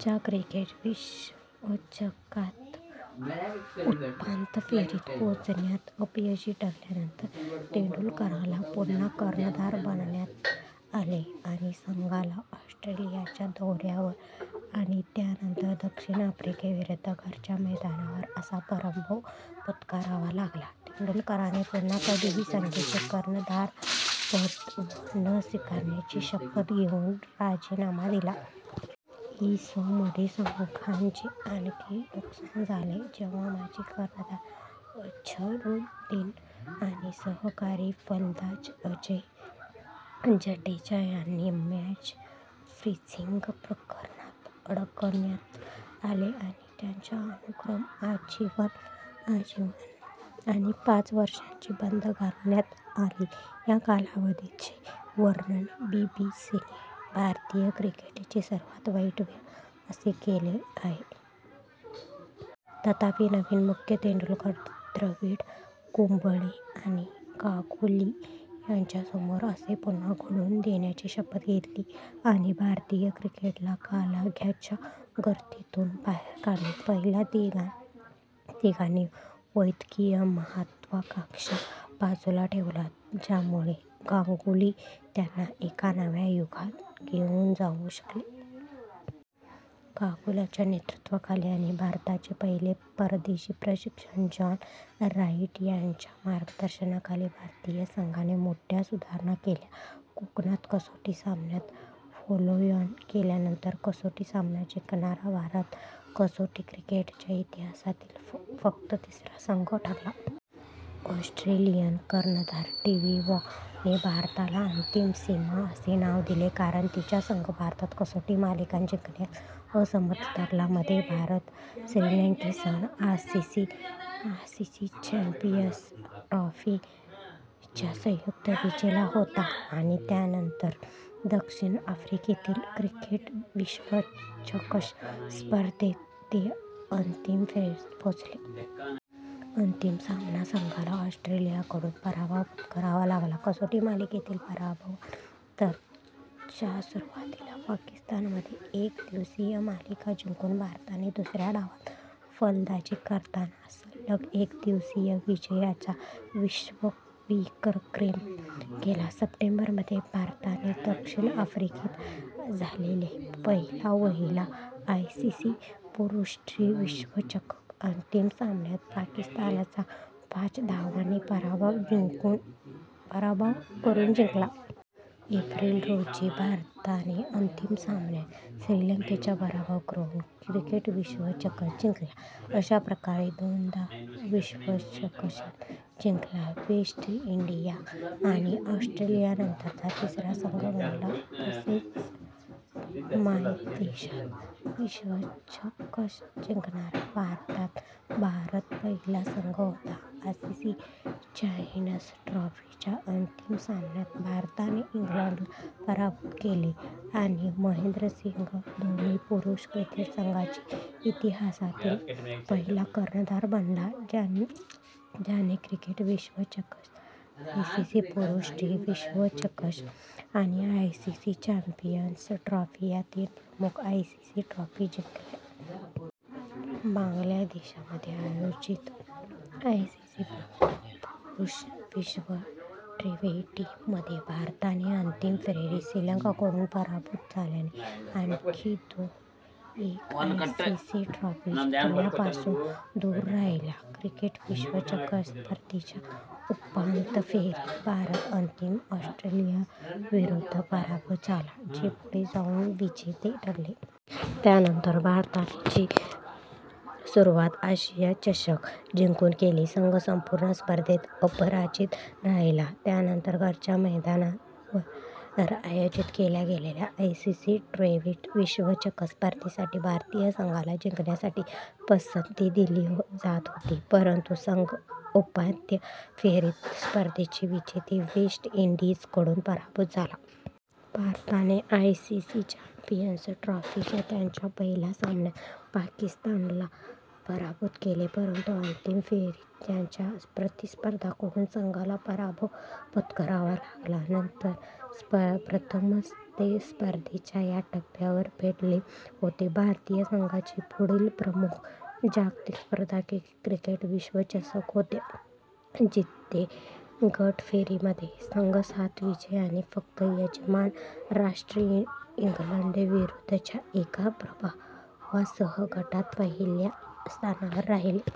च्या क्रिकेट विश्वचषकात उपांत्य फेरीत पोहोचण्यात अपयशी ठरल्यानंतर, तेंडुलकरला पुन्हा कर्णधार बनवण्यात आले आणि संघाला ऑस्ट्रेलियाच्या दौऱ्यावर - आणि त्यानंतर दक्षिण आफ्रिकेविरुद्ध घरच्या मैदानावर - असा पराभव पत्करावा लागला. तेंडुलकरने पुन्हा कधीही संघाचे कर्णधारपद न स्वीकारण्याची शपथ घेऊन राजीनामा दिला. इ. स. मध्ये संघाचे आणखी नुकसान झाले जेव्हा माजी कर्णधार अझरुद्दीन आणि सहकारी फलंदाज अजय जडेजा यांना मॅच फिक्सिंग प्रकरणात अडकवण्यात आले आणि त्यांना अनुक्रमे आजीवन आणि पाच वर्षांची बंदी घालण्यात आली. या कालावधीचे वर्णन बीबीसीने "भारतीय क्रिकेटची सर्वात वाईट वेळ" असे केले आहे. तथापि, नवीन मुख्य तेंडुलकर, द्रविड, कुंबळे आणि गांगुली त्यांच्यासोबत असे पुन्हा घडू न देण्याची शपथ घेतली आणि भारतीय क्रिकेटला काळोखाच्या गर्तेतून बाहेर काढले. पहिल्या तिघांनी वैयक्तिक महत्त्वाकांक्षा बाजूला ठेवल्या ज्यामुळे गांगुली त्यांना एका नव्या युगात घेऊन जाऊ शकेल.। गांगुलीच्या नेतृत्वाखाली आणि भारताचे पहिले परदेशी प्रशिक्षक जॉन राईट यांच्या मार्गदर्शनाखाली भारतीय संघाने मोठ्या सुधारणा केल्या. कोलकाता कसोटी सामन्यात, फॉलोऑन केल्यानंतर कसोटी सामना जिंकणारा भारत कसोटी क्रिकेटच्या इतिहासातील फक्त तिसरा संघ ठरला. ऑस्ट्रेलियन कर्णधार स्टीव्ह वॉ ने भारताला "अंतिम सीमा" असे नाव दिले कारण त्याचा संघ भारतात कसोटी मालिका जिंकण्यास असमर्थ ठरला. मध्ये, भारत श्रीलंकेसह आयसीसी चॅम्पियन्स ट्रॉफी चा संयुक्त विजेता होता आणि त्यानंतर दक्षिण आफ्रिकेतील क्रिकेट विश्वचषक स्पर्धेत ते अंतिम फेरीत पोहोचले. अंतिम सामन्यात संघाला ऑस्ट्रेलियाकडून पराभव पत्करावा लागला. कसोटी मालिकेतील पराभवानंतर च्या सुरुवातीला पाकिस्तानमध्ये एकदिवसीय मालिका जिंकून भारताने दुसऱ्या डावात फलंदाजी करताना सलग एकदिवसीय विजयाचा विश्वविक्रम केला. सप्टेंबर मध्ये, भारताने दक्षिण आफ्रिकेत झालेल्या पहिला-वहिला आयसीसी पुरुष टी विश्वचषक अंतिम सामन्यात पाकिस्तानचा पाच धावांनी पराभव करून जिंकला. एप्रिल रोजी, भारताने अंतिम सामन्यात श्रीलंकेचा पराभव करून क्रिकेट विश्वचषक जिंकला, अशा प्रकारे दोनदा विश्वचषक जिंकणारा वेस्ट इंडीज आणि ऑस्ट्रेलियानंतरचा तिसरा संघ बनला. तसेच मायदेशात विश्वचषक जिंकणारा भारत पहिला संघ होता. आयसीसी चॅम्पियन्स ट्रॉफी च्या अंतिम सामन्यात भारताने इंग्लंडला पराभूत केले आणि महेंद्रसिंग धोनी पुरुष क्रिकेट संघाचा इतिहासातील पहिला कर्णधार बनला ज्याने क्रिकेट विश्वचषक, आयसीसी पुरुष टी विश्वचषक आणि आयसीसी चॅम्पियन्स ट्रॉफी या तीन प्रमुख आयसीसी ट्रॉफी जिंकल्या. बांगलादेशमध्ये आयोजित आयसीसी पुरुष विश्व ट्वेंटी मध्ये, भारताने अंतिम फेरीत श्रीलंकेकडून पराभूत झाल्याने आणखी एक आयसीसी ट्रॉफी जिंकण्यापासून दूर राहिला. क्रिकेट विश्वचषक स्पर्धेच्या उपांत्य फेरीत भारत अंतिम ऑस्ट्रेलियाविरुद्ध पराभूत झाला, जे पुढे जाऊन विजेते ठरले. त्यानंतर भारताने ची सुरुवात आशिया चषक जिंकून केली, संघ संपूर्ण स्पर्धेत अपराजित राहिला. त्यानंतर घरच्या मैदानावर आयोजित केल्या गेलेल्या आयसीसी ट्वेंटी विश्वचषक स्पर्धे साठी भारतीय संघाला जिंकण्यासाठी पसंती दिली जात होती, परंतु संघ उपांत्य फेरीत स्पर्धेचे विजेते वेस्ट इंडीजकडून पराभूत झाला. भारताने आयसीसी चॅम्पियन्स ट्रॉफी च्या त्यांच्या पहिल्या सामन्यात पाकिस्तानला पराभूत केले परंतु अंतिम फेरीत त्याच प्रतिस्पर्ध्यांकडून संघाला पराभव पत्करावा लागला, नंतर प्रथमच ते स्पर्धेच्या या टप्प्यावर भेटले होते. भारतीय संघाची पुढील प्रमुख जागतिक स्पर्धा क्रिकेट विश्वचषक होती जिथे गट फेरीमध्ये संघ सात विजय आणि फक्त यजमान राष्ट्र इंग्लंडविरुद्धच्या एका पराभवासह गटात पहिल्या स्थानावर राहिला.